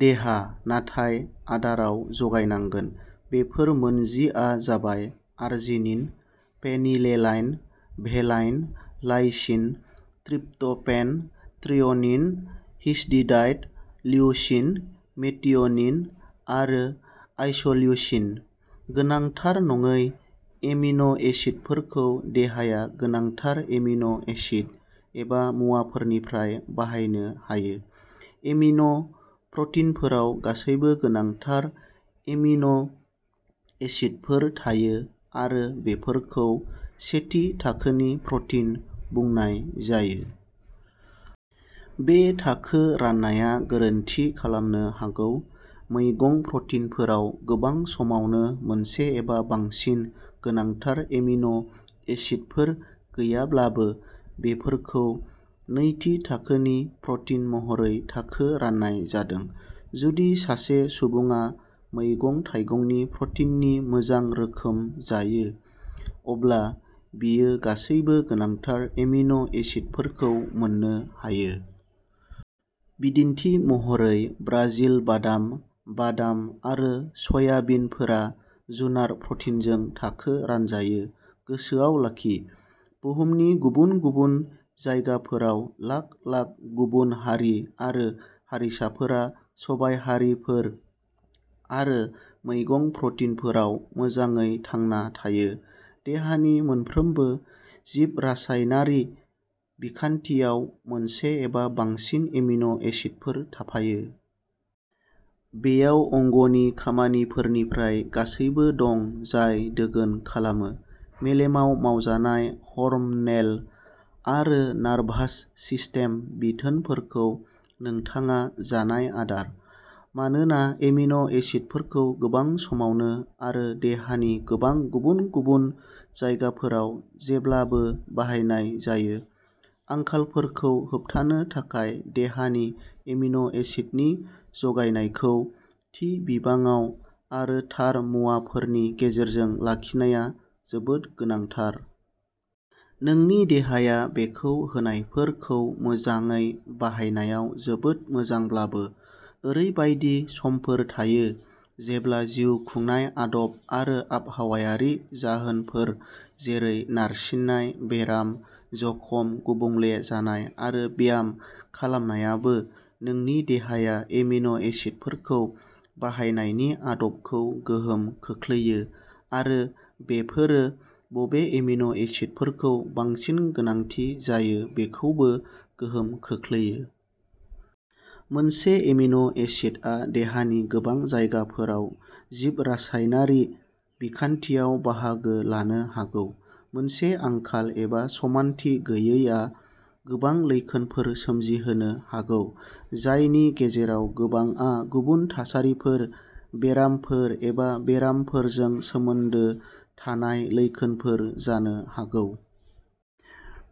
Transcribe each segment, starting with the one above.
देहा, नाथाय आदाराव जगायनांगोन। बेफोर मोन जि आ जाबाय arginine, phenylalanine, valine, lysine, tryptophan, threonine, histidine, leucine, methionine आरो आइस'ल्युसिन। गोनांथार नङै एमिनो एसिडफोरखौ देहाया गोनांथार एमिनो एसिड एबा मुवाफोरनिफ्राय बानायनो हायो। एमिनो प्रटिनफोराव गासैबो गोनांथार एमिनो एसिडफोर थायो आरो बेफोरखौ "सेथि थाखोनि" प्रटिन बुंनाय जायो। बे थाखो राननाया गोरोन्थि खालामनो हागौ। मैगं प्रटिनफोराव गोबां समावनो मोनसे एबा बांसिन गोनांथार एमिनो एसिडफोर गैयाब्लाबो, बेफोरखौ "नैथि थाखोनि" प्रटिन महरै थाखो राननाय जादों। जुदि सासे सुबुङा मैगं-थाइगंनि प्रटिननि मोजां रोखोम जायो, अब्ला बियो गासैबो गोनांथार एमिनो एसिडफोरखौ मोननो हायो। बिदिन्थि महरै, ब्राजिल बादाम, बादाम आरो सयाबिनफोरा जुनार प्रटिनजों थाखो रानजायो। गोसोआव लाखि, बुहुमनि गुबुन गुबुन जायगाफोराव लाख-लाख गुबुन हारि आरो हारिसाफोरा सबायहारिफोर आरो मैगं प्रटिनफोराव मोजाङै थांना थायो। देहानि मोनफ्रोमबो जिबरासायनारि बिखान्थियाव मोनसे एबा बांसिन एमिनो एसिडफोर थाफायो। बेयाव अंगनि खामानिफोरनिफ्राय गासैबो दं जाय दोगोन खालामो। मेलेमाव मावजानाय हर्म'नेल आरो नार्भास सिस्टेम बिथोनफोरखौ नोंथाङा जानाय आदार। मानोना एमिनो एसिडफोरखौ गोबां समावनो आरो देहानि गोबां गुबुन-गुबुन जायगाफोराव जेब्लाबो बाहायनाय जायो, आंखालफोरखौ होबथानो थाखाय देहानि एमिनो एसिडनि जगायनायखौ, थि बिबाङाव आरो थार मुवाफोरनि गेजेरजों लाखिनाया जोबोद गोनांथार। नोंनि देहाया बेखौ होनायफोरखौ मोजाङै बाहायनायाव जोबोद मोजांब्लाबो, ओरैबायदि समफोर थायो जेब्ला जिउ खुंनाय आदब आरो आबहावायारि जाहोनफोर जेरै नारसिननाय, बेराम, जखम, गुबुंले जानाय आरो ब्याम खालामनायाबो नोंनि देहाया एमिनो एसिडफोरखौ बाहायनायनि आदबखौ गोहोम खोख्लैयो आरो बेफोरो बबे एमिनो एसिडफोरखौ बांसिन गोनांथि जायो बेखौबो गोहोम खोख्लैयो। मोनसे एमिनो एसिडआ देहानि गोबां जायगाफोराव जिबरासायनारि बिखान्थियाव बाहागो लानो हागौ, मोनसे आंखाल एबा समानथि गैयैआ गोबां लैखोनफोर सोमजिहोनो हागौ, जायनि गेजेराव गोबांआ गुबुन थासारिफोर, बेरामफोर एबा बेरामफोरजों सोमोन्दो थानाय लैखोनफोर जानो हागौ।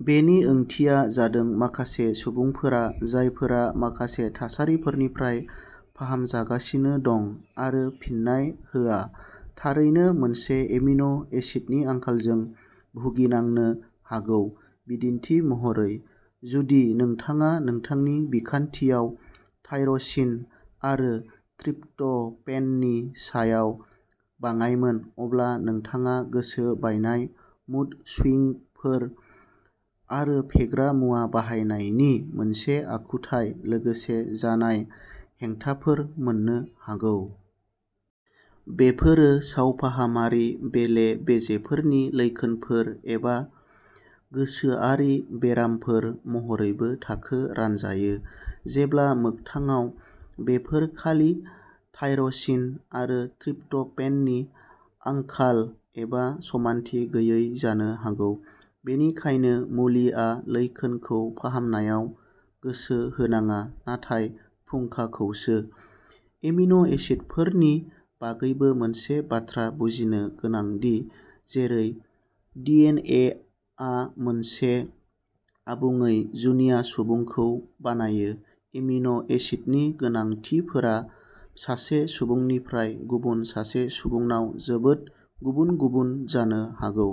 बेनि ओंथिया जादों माखासे सुबुंफोरा जायफोरा माखासे थासारिफोरनिफ्राय फाहामजागासिनो दं, आरो फिन्नाय होआ, थारैनो मोनसे एमिनो एसिडनि आंखालजों भुगिनांनो हागौ। बिदिन्थि महरै, जुदि नोंथाङा नोंथांनि बिखान्थियाव टायरोसिन आरो ट्रिप्ट'फेननि सायाव बाङायमोन, अब्ला नोंथाङा गोसो बायनाय, मुड स्विंगफोर, आरो फेग्रा मुवा बाहायनायनि मोनसे आखुथाय, लोगोसे जानाय जेंनाफोर मोननो हागौ। बेफोरो सावफाहामारि बेले-बेजेफोरनि लैखोनफोर, एबा गोसोआरि बेरामफोर महरैबो थाखो रानजायो, जेब्ला मोगथाङाव बेफोर खालि टायरोसिन आरो ट्रिप्ट'फेननि आंखाल एबा समानथि गैयै जानो हागौ। बेनिखायनो मुलिआ लैखोनखौ फाहामनायाव गोसो होनाङा, नाथाय फुंखाखौसो। एमिनो एसिडफोरनि बागैबो मोनसे बाथ्रा बुजिनो गोनां दि, जेरै डिएनएआ मोनसे आबुङै जुनिया सुबुंखौ बानायो, एमिनो एसिडनि गोनांथिफोरा सासे सुबुंनिफ्राय गुबुन सासे सुबुंनाव जोबोद गुबुन-गुबुन जानो हागौ।